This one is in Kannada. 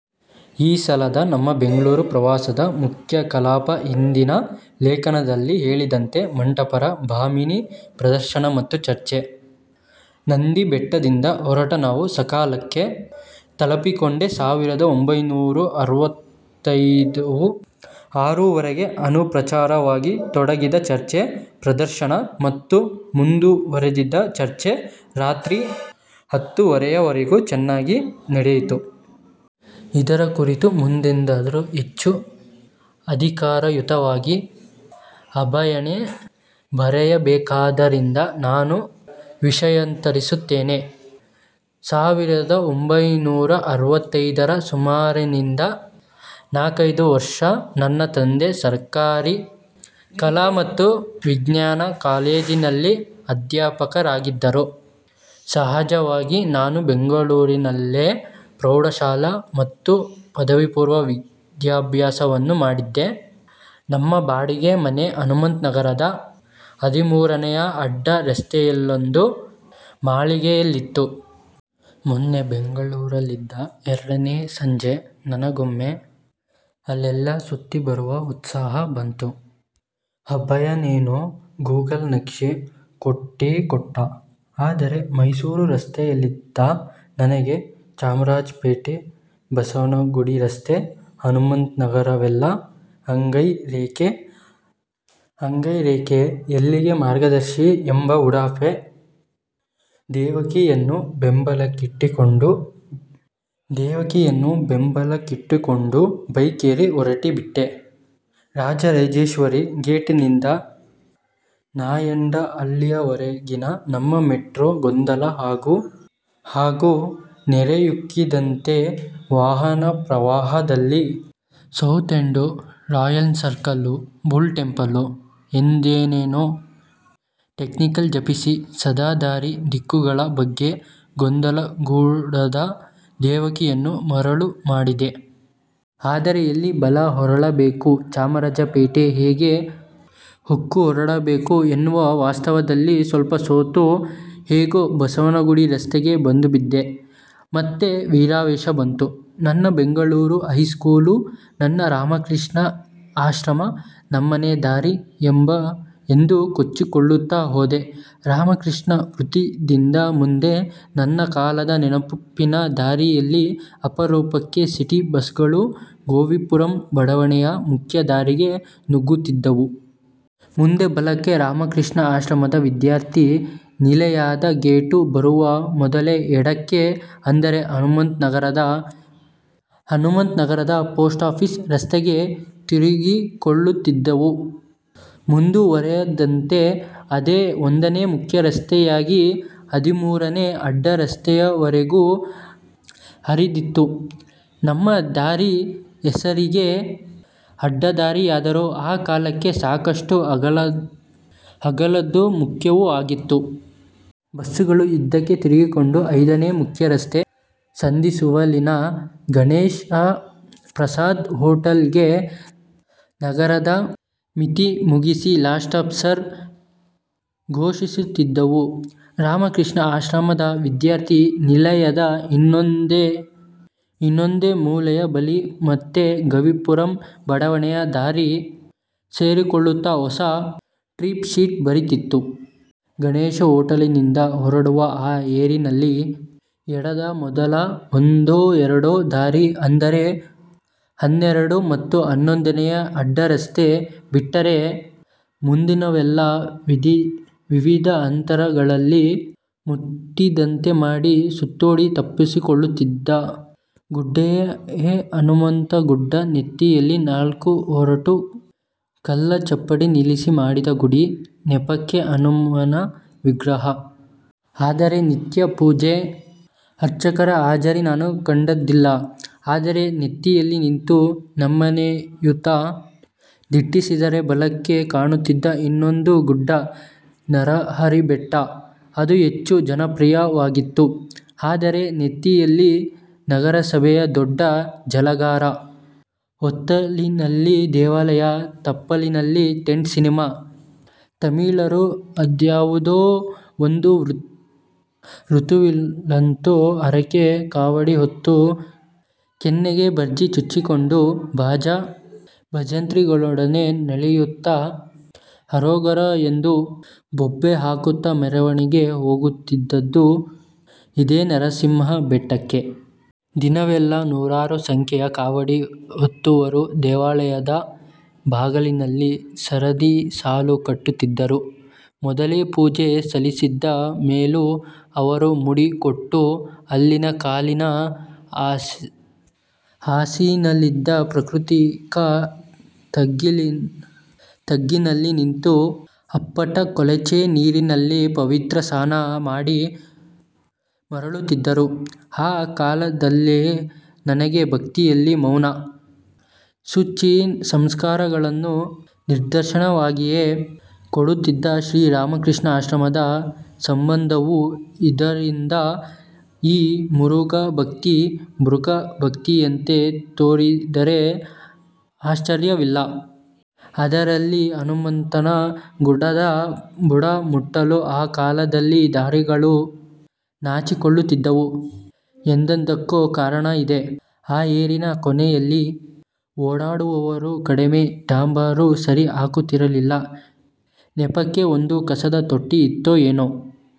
ಈ ಸಲದ ನಮ್ಮ ಬೆಂಗಳೂರು ಪ್ರವಾಸದ ಮುಖ್ಯ ಕಲಾಪ ಹಿಂದಿನ ಲೇಖನದಲ್ಲಿ ಹೇಳಿದಂತೆ ಮಂಟಪರ 'ಭಾಮಿನಿ' ಪ್ರದರ್ಶನ ಮತ್ತು ಚರ್ಚೆ. ನಂದಿ ಬೆಟ್ಟದಿಂದ ಹೊರಟ ನಾವು ಸಕಾಲಕ್ಕೆ ತಲಪಿಕೊಂಡೆಸಾವಿರದ ಒಂಭೈನೂರ ಅರವತ್ತೈದವು. ಆರೂವರೆಗೇ ಅನೌಪಚಾರಿಕವಾಗಿ ತೊಡಗಿದ ಚರ್ಚೆ, ಪ್ರದರ್ಶನ ಮತ್ತು ಮುಂದುವರಿದ ಚರ್ಚೆ ರಾತ್ರಿ ಹತ್ತೂವರೆಯವರೆಗೂ ಚೆನ್ನಾಗಿಯೇ ನಡೆಯಿತು. ಇದರ ಕುರಿತು ಮುಂದೆಂದಾದರೂ ಹೆಚ್ಚು ಅಧಿಕಾರಯುತವಾಗಿ ಅಭಯನೇ ಬರೆಯಬೇಕಾದ್ದರಿಂದ ನಾನು ವಿಷಯಾಂತರಿಸುತ್ತೇನೆ. ಸಾವಿರದ ಒಂಭೈನೂರ ಅರವತ್ತೈದರ ಸುಮಾರಿನಿಂದ ನಾಲ್ಕೈದು ವರ್ಷ ನನ್ನ ತಂದೆ ಸರಕಾರೀ ಕಲಾ ಮತ್ತು ವಿಜ್ಞಾನ ಕಾಲೇಜಿನಲ್ಲಿ ಅಧ್ಯಾಪಕರಾಗಿದ್ದರು. ಸಹಜವಾಗಿ ನಾನು ಬೆಂಗಳೂರಿನಲ್ಲೇ ಪ್ರೌಢಶಾಲಾ ಮತ್ತು ಪದವಿಪೂರ್ವ ವಿದ್ಯಾಭ್ಯಾಸವನ್ನು ಮಾಡಿದ್ದೆ. ನಮ್ಮ ಬಾಡಿಗೆ ಮನೆ ಹನುಮಂತನಗರದ ಹದಿಮೂರನೇ ಅಡ್ಡ ರಸ್ತೆಯಲ್ಲೊಂದು ಮಾಳಿಗೆಯಲ್ಲಿತ್ತು. ಮೊನ್ನೆ ಬೆಂಗಳೂರಲ್ಲಿದ್ದ ಎರಡನೇ ಸಂಜೆ ನನಗೊಮ್ಮೆ ಅಲ್ಲೆಲ್ಲಾ ಸುತ್ತಿ ಬರುವ ಉತ್ಸಾಹ ಬಂತು. ಅಭಯನೇನೋ ಗೂಗಲ್ ನಕ್ಷೆ ಕೊಟ್ಟೇ ಕೊಟ್ಟ. ಆದರೆ ಮೈಸೂರು ರಸ್ತೆಯಲ್ಲಿದ್ದ ನನಗೆ, ಚಾಮರಾಜಪೇಟೆ, ಬಸವನಗುಡಿರಸ್ತೆ, ಹನುಮಂತನಗರವೆಲ್ಲ "ಅಂಗೈ ರೇಖೆ, ಎಲ್ಲಿಗೆ ಮಾರ್ಗದರ್ಶಿ" ಎಂಬ ಉಡಾಫೆ. ದೇವಕಿಯನ್ನು ಬೆಂಬಲಕ್ಕಿಟ್ಟುಕೊಂಡು ಬೈಕೇರಿ ಹೊರಟೇಬಿಟ್ಟೆ. ರಾಜರಾಜೇಶ್ವರಿ ಗೇಟಿನಿಂದ ನಾಯಂಡ ಹಳ್ಳಿವರೆಗಿನ 'ನಮ್ಮ ಮೆಟ್ರೋ' ಗೊಂದಲ ಹಾಗೂ ನೆರೆಯುಕ್ಕಿದಂಥ ವಾಹನಪ್ರವಾಹದಲ್ಲಿ 'ಸೌತೆಂಡೂ, ರಾಯನ್ಸರ್ಕಲ್ಲೂ, ಬುಲ್ಟೆಂಪಲ್ಲೂ' ಎಂದೇನೇನೋ 'ಟೆಕ್ನಿಕಲ್' ಜಪಿಸಿ, ಸದಾ ದಾರಿ, ದಿಕ್ಕುಗಳ ಬಗ್ಗೆ ಗೊಂದಲಗೂಡಾದ ದೇವಕಿಯನ್ನು ಮರುಳು ಮಾಡಿದೆ. ಆದರೆ ಎಲ್ಲಿ ಬಲ ಹೊರಳಬೇಕು, ಚಾಮರಾಜಪೇಟೆ ಹೇಗೆ ಹೊಕ್ಕುಹೊರಡಬೇಕು ಎನ್ನುವ ವಾಸ್ತವದಲ್ಲಿ ಸ್ವಲ್ಪ ಸೋತು, ಹೇಗೋ ಬಸವನಗುಡಿ ರಸ್ತೆಗೆ ಬಂದುಬಿದ್ದೆ. ಮತ್ತೆ ವೀರಾವೇಶ ಬಂತು. 'ನನ್ನ ಬೆಂಗಳೂರು ಹೈಸ್ಕೂಲು, ನನ್ನ ರಾಮಕೃಷ್ಣ ಆಶ್ರಮ, ನಮ್ಮನೆ ದಾರಿ' ಎಂದು ಕೊಚ್ಚಿಕೊಳ್ಳುತ್ತ ಹೋದೆ. ರಾಮಕೃಷ್ಣ ವೃತ್ತದಿಂದ ಮುಂದೆ, ನನ್ನ ಕಾಲದ ನೆನಪಿನ ದಾರಿಯಲ್ಲಿ, ಅಪರೂಪಕ್ಕೆ ಸಿಟಿ ಬಸ್ಸುಗಳು, ಗವೀಪುರಂ ಬಡಾವಣೆಯ ಮುಖ್ಯ ದಾರಿಗೆ ನುಗ್ಗುತ್ತಿದ್ದವು. ಮುಂದೆ ಬಲಕ್ಕೆ ರಾಮ ಕೃಷ್ಣ ಆಶ್ರಮದ ವಿದ್ಯಾರ್ಥಿ ನಿಲಯದ ಗೇಟು ಬರುವ ಮೊದಲೇ ಎಡಕ್ಕೆ ಅಂದರೆ ಹನುಮಂತನಗರದ ಪೊಸ್ಟಾಫೀಸ್ ರಸ್ತೆಗೆ ತಿರುಗಿಕೊಳ್ಳುತ್ತಿದ್ದುವು. ಮುಂದುವರಿದಂತೆ ಅದೇ ಒಂದನೇ ಮುಖ್ಯ ರಸ್ತೆಯಾಗಿ, ಹದಿಮೂರನೇ ಅಡ್ಡ ರಸ್ತೆವರೆಗೂ ಹರಿದಿತ್ತು. ನಮ್ಮ ದಾರಿ ಹೆಸರಿಗೆ ಅಡ್ಡದಾರಿಯಾದರೂ ಆ ಕಾಲಕ್ಕೆ ಸಾಕಷ್ಟು ಅಗಲದ್ದೂ ಮುಖ್ಯವೂ ಆಗಿತ್ತು. ಬಸ್ಸುಗಳು ಇದಕ್ಕೆ ತಿರುಗಿಕೊಂಡು, ಐದನೇ ಮುಖ್ಯ ರಸ್ತೆ ಸಂಧಿಸುವಲ್ಲಿನ ಗಣೇಶ ಪ್ರಸಾದ್ ಹೋಟೆಲ್ಗೆ ನಗರದ ಮಿತಿ ಮುಗಿಸಿ, 'ಲಾಸ್ಟ್ ಸ್ಟಾಪ್ ಸಾರ್' ಘೋಷಿಸುತ್ತಿದ್ದುವು. ರಾಮ ಕೃಷ್ಣ ಆಶ್ರಮದ ವಿದ್ಯಾರ್ಥಿ ನಿಲಯದ ಇನ್ನೊಂದೇ ಮೂಲೆಯ ಬಳಿ ಮತ್ತೆ ಗವೀಪುರಂ ಬಡಾವಣೇ ದಾರಿ ಸೇರಿಕೊಳ್ಳುತ್ತಾ ಹೊಸ 'ಟ್ರಿಪ್ ಶೀಟ್' ಬರೀತಿತ್ತು. ಗಣೇಶ ಹೋಟೆಲಿನಿಂದ ಹೊರಡುವ ಆ ಏರಿನಲ್ಲಿ ಎಡದ ಮೊದಲ ಒಂದೋ ಎರಡೋ ದಾರಿ, ಅಂದರೆ ಹನ್ನೆರಡು ಮತ್ತು ಹನ್ನೊಂದನೇ ಅಡ್ಡ ರಸ್ತೆ ಬಿಟ್ಟರೆ ಮುಂದಿನವೆಲ್ಲ ವಿವಿಧ ಅಂತರಗಳಲ್ಲಿ ಮುಟ್ಟಿದಂತೆ ಮಾಡಿ, ಸುತ್ತೋಡಿ ತಪ್ಪಿಸಿಕೊಳ್ಳುತ್ತಿದ್ದ ಗುಡ್ಡೆಯೇ ಹನುಮಂತನಗುಡ್ಡ ನೆತ್ತಿಯಲ್ಲಿ ನಾಲ್ಕು ಒರಟು ಕಲ್ಲ ಚಪ್ಪಡಿ ನಿಲ್ಲಿಸಿ ಮಾಡಿದ ಗುಡಿ, ನೆಪಕ್ಕೆ ಹನುಮನ ವಿಗ್ರಹ. ಆದರೆ ನಿತ್ಯ ಪೂಜೆ, ಅರ್ಚಕರ ಹಾಜರಿ ನಾನು ಕಂಡದ್ದಿಲ್ಲ. ಅದರ ನೆತ್ತಿಯಲ್ಲಿ ನಿಂತು ನಮ್ಮನೆಯತ್ತ ದಿಟ್ಟಿಸಿದರೆ ಬಲಕ್ಕೆ ಕಾಣುತ್ತಿದ್ದ ಇನ್ನೊಂದು ಗುಡ್ಡ ನರಹರಿಬೆಟ್ಟ. ಅದು ಹೆಚ್ಚು 'ಜನಪ್ರಿಯ'ವಾಗಿತ್ತು. ಅದರ ನೆತ್ತಿಯಲ್ಲಿ ನಗರಸಭೆಯ ದೊಡ್ಡ ಜಲಾಗಾರ, ಒತ್ತಿನಲ್ಲಿ ದೇವಾಲಯ, ತಪ್ಪಲಿನಲ್ಲಿ ಟೆಂಟ್ ಸಿನಿಮಾ. ತಮಿಳರು ಅದ್ಯಾವುದೋ ಒಂದು ಋತುವಿನಲ್ಲಂತೂ ಹರಕೆಯ ಕಾವಡಿ ಹೊತ್ತು, ಕೆನ್ನೆಗೆ ಭರ್ಚಿ ಚುಚ್ಚಿಕೊಂಡು, ಭಾಜಾ ಭಜಂತ್ರಿಗಳೊಡನೆ ನಲಿಯುತ್ತ, 'ಹರೋಗರ' ಎಂದು ಬೊಬ್ಬೆ ಹಾಕುತ್ತ ಮೆರವಣಿಗೆ ಹೋಗುತ್ತಿದ್ದುದು ಇದೇ ನರಸಿಂಹ ಬೆಟ್ಟಕ್ಕೆ. ದಿನವೆಲ್ಲಾ ನೂರಾರು ಸಂಖ್ಯೆಯ ಕಾವಡಿ ಹೊತ್ತವರು, ದೇವಳದ ಬಾಗಿಲಿನಲ್ಲಿ ಸರದಿ ಸಾಲು ಕಟ್ಟುತ್ತಿದ್ದರು. ಮೊದಲೋ ಪೂಜೆ ಸಲ್ಲಿಸಿದ ಮೇಲೋ ಅವರು ಮುಡಿ ಕೊಟ್ಟು, ಅಲ್ಲಿನ ಕಲ್ಲಿನ ಹಾಸಿನಲ್ಲಿದ್ದ ಪ್ರಾಕೃತಿಕ ತಗ್ಗಿನಲ್ಲಿ ನಿಂತ ಅಪ್ಪಟ ಕೊಳಚೆ ನೀರಿನಲ್ಲಿ 'ಪವಿತ್ರ ಸ್ನಾನ' ಮಾಡಿ ಮರಳುತ್ತಿದ್ದರು. ಆ ಕಾಲದಲ್ಲೇ ನನಗೆ ಭಕ್ತಿಯಲ್ಲಿ ಮೌನ, ಶುಚಿ, ಸಂಸ್ಕಾರಗಳನ್ನು ನಿದರ್ಶನವಾಗಿಯೇ ಕೊಡುತ್ತಿದ್ದ ಶ್ರೀ ರಾಮಕೃಷ್ಣ ಆಶ್ರಮದ ಸಂಬಂಧವೂ ಇದ್ದುದರಿಂದ ಈ ಮುರುಗ ಭಕ್ತಿ, ಮೃಗಭಕ್ತಿಯಂತೇ ತೋರಿದ್ದರೆ ಆಶ್ಚರ್ಯವಿಲ್ಲ. ಅದಿರಲಿ, ಹನುಮಂತನ ಗುಡ್ಡದ ಬುಡ ಮುಟ್ಟಲು ಆ ಕಾಲದಲ್ಲಿ ದಾರಿಗಳು ನಾಚಿಕೊಳ್ಳುತ್ತಿದ್ದುವು ಎಂದದ್ದಕ್ಕೂ ಕಾರಣ ಇದೆ. ಆ ಏರಿನ ಕೊನೆಯಲ್ಲಿ ಓಡಾಡುವವರೂ ಕಡಿಮೆ, ಡಾಮರೂ ಸರಿ ಹಾಕುತ್ತಿರಲಿಲ್ಲ. ನೆಪಕ್ಕೆ ಒಂದು ಕಸದ ತೊಟ್ಟಿಯಿತ್ತೋ ಏನೋ.